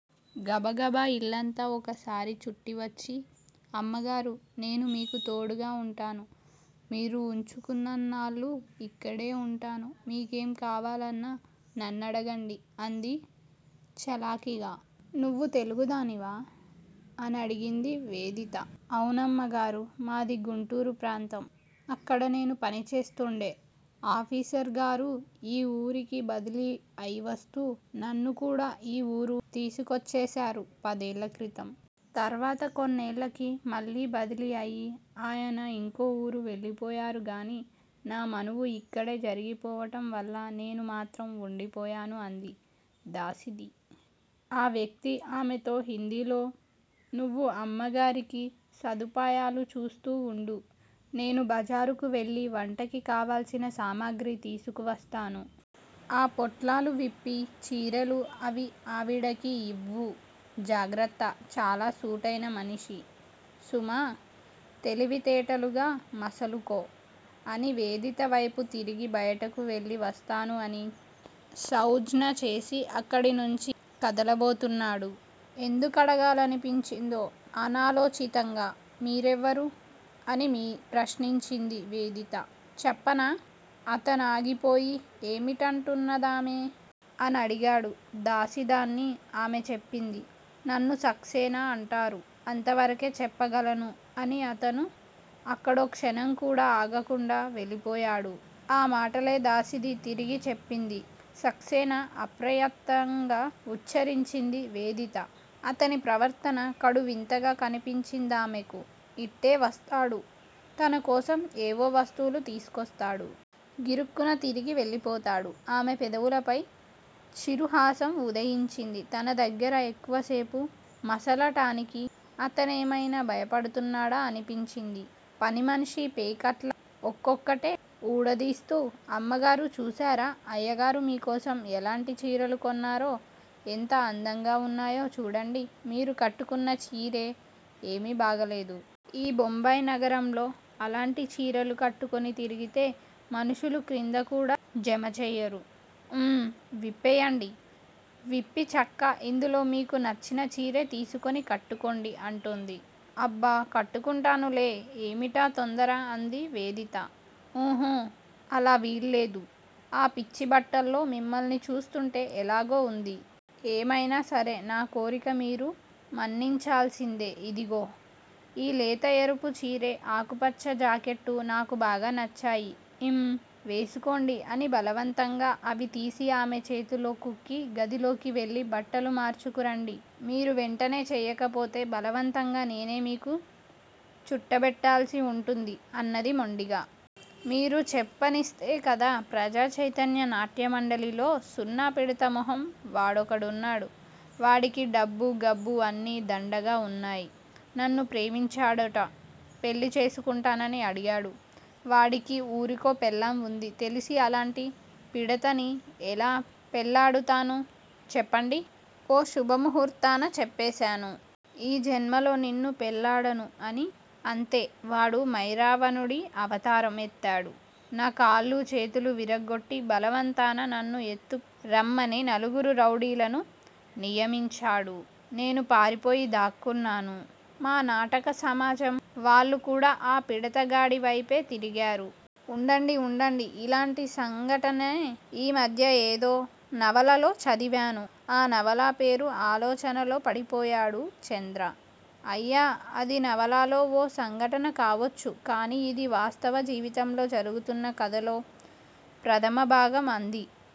గబగబ యిల్లంతా వొకసారి చుట్టివచ్చి అమ్మగారూ! నేను మీకు తోడుగా వుంటాను. మీరు వుంచుకున్నన్నాళ్ళూ యిక్కడే వుంటాను. మీకేం కావాలన్నా నన్నడగండి అంది చలాకీగా. నువ్వు తెలుగుదానివా? అనడిగింది వేదిత. అవునమ్మగారూ! మాది గుంటూరు ప్రాంతం. అక్కడ నేను పనిచేస్తూండే అఫీసరుగారు యీ వూరికి బదిలీ అయివస్తూ నన్నుకూడా ఈ ఊరు తీసుకొచ్చేశారు పదేళ్ళక్రితం. తర్వాత కొన్నేళ్ళకి మళ్ళీ బదిలీ అయి ఆయన యింకో ఊరు వెళ్ళిపోయారుగానీ, నా మనువు యిక్కడే జరిగిపోవటం వల్ల నేను మాత్రం వుండిపోయాను అంది దాసీది. ఆ వ్యక్తి ఆమెతో హిందీలో నువ్వు అమ్మగారికి సదుపాయాలు చూస్తూ వుండు. నేను బజారుకు వెళ్ళి వంటకి కావలసిన సామగ్రి తీసుకువస్తాను. ఆ పొట్లాలు విప్పి చీరెలూ అవీ ఆవిడకి యివ్వు. జాగ్రత్త! చాలా సూటైన మనిషి సుమా. తెలివితేటలుగా మసలుకో అని వేదిత వైపు తిరిగి బయటకు వెళ్ళి వస్తాను అని సౌంజ్ఞచేసి అక్కడినుంచి కదలబోతున్నాడు. ఎందుకడగాలనిపించిందో అనాలోచింతగా మీరెవరు? అని ప్రశ్నించింది వేదిత చప్పన. అతనాగిపోయి ఏమిటంటున్న దామె? అనడిగాడు దాసీదాన్ని. ఆమె చెప్పింది. నన్ను సక్సేనా అంటారు. అంతవరకే చెప్పగలను అని అతను అక్కడో క్షణంకూడా ఆగకుండా వెళ్ళిపోయాడు. ఆ మాటలే దాసీది తిరిగి చెప్పింది. సక్సేనా అప్రయత్నంగా ఉచ్చరించింది వేదిత. అతని ప్రవర్తన కడు వింతగా కనిపించిందామెకు. ఇట్టే వస్తాడు, తనకోసం ఏవో వస్తువులు తీసుకువస్తాడు. గిరుక్కున తిరిగి వెళ్ళిపోతాడు. ఆమె పెదవులపై చిరుహాసం వుదయించింది. తన దగ్గర ఎక్కువసేపు మసలటానికి అతనేమైనా భయపడుతున్నాడా అనిపించింది. పనిమనిషి పేకెట్లు వొక్కొక్కటే ఊడదీస్తూ, అమ్మగారూ, చూశారా! అయ్యగారు మీకోసం యెలాంటి చీరెలు కొన్నారో! ఎంత అందంగా వున్నాయో చూడండి. మీరు కట్టుకున్న చీరె యేమీ బాగాలేదు. ఈ బొంబాయి నగరంలో అలాంటి చీరెలు కట్టుకుని తిరిగితే మనుషులు క్రిందకూడా జమచయ్యరు. ఊఁ విప్పెయ్యండి. విప్పి చక్కా ఇందులో మీకు నచ్చిన చీరె తీసుకుని కట్టుకోండి అంటోంది. అబ్బ కట్టుకుంటానులే! ఏమిటా తొందర అంది వేదిత. ఉహూ! అలా వీల్లేదు. ఆ పిచ్చిబట్టల్లో మిమ్మల్ని చూస్తుంటే యెలాగో వుంది. ఏమయినా సరే నా కోరిక మీరు మన్నించాల్సిందే. ఇదుగో! ఈ లేత ఎరుపు చీరె, ఆకుపచ్చ జాకెట్టూ నాకు బాగా నచ్చాయి. ఈఁ వేసుకోండి అని బలవంతంగా అవి తీసి ఆమె చేతిలో క్రుక్కి గదిలోకి వెళ్ళి బట్టలు మార్చుకు రండి, మీరు వెంటనే చెయ్యకపోతే బలవంతంగా నేనే మీకు చుట్టబెట్టాల్సి ఉంటుంది అన్నది మొండిగా. మీరు చెప్పనిస్తే కదా? ప్రజాచైతన్య నాట్యమండలిలో సున్న పిడత మొహం వాడొకడున్నాడు. వాడికి డబ్బు గబ్బు అన్నీ దండగా వున్నాయ్. నన్ను ప్రేమించాడుట. పెళ్ళి చేసుకుంటానని అడిగాడు. వాడికి ఊరికో పెళ్ళాం వుంది. తెలిసి అలాంటి పిడతని ఎలా పెళ్ళాడుతను. చెప్పండి? ఓ శుభముహూర్తాన చెప్పేశాను. ఈ జన్మలో నిన్ను పెళ్లాడను అని. అంతే వాడు మైరావణుడి అవతారం ఎత్తాడు. నా కాళ్ళూ చేతులూ విరగొట్టి బలవంతాన నన్ను ఎత్తుకు రమ్మని నలుగురు రౌడీలను నియమించాడు. నేను పారిపోయి దాక్కున్నాను. మా నాటక సమాజం వాళ్ళు కూడా ఆ పిడతగాడి వైపే తిరిగారు. వుండండి వుండండి ఇలాంటి సంఘటనే ఈ మధ్య ఏదో నవలలో చదివాను. ఆ నవల పేరు! ఆలోచనలో పడిపోయాడు చంద్ర. అయ్యా అది నవలలో ఓ సంఘటన కావచ్చు. కాని యిది వాస్తవ జీవితంలో జరుగుతున్న కథలో ప్రధమభాగం అంది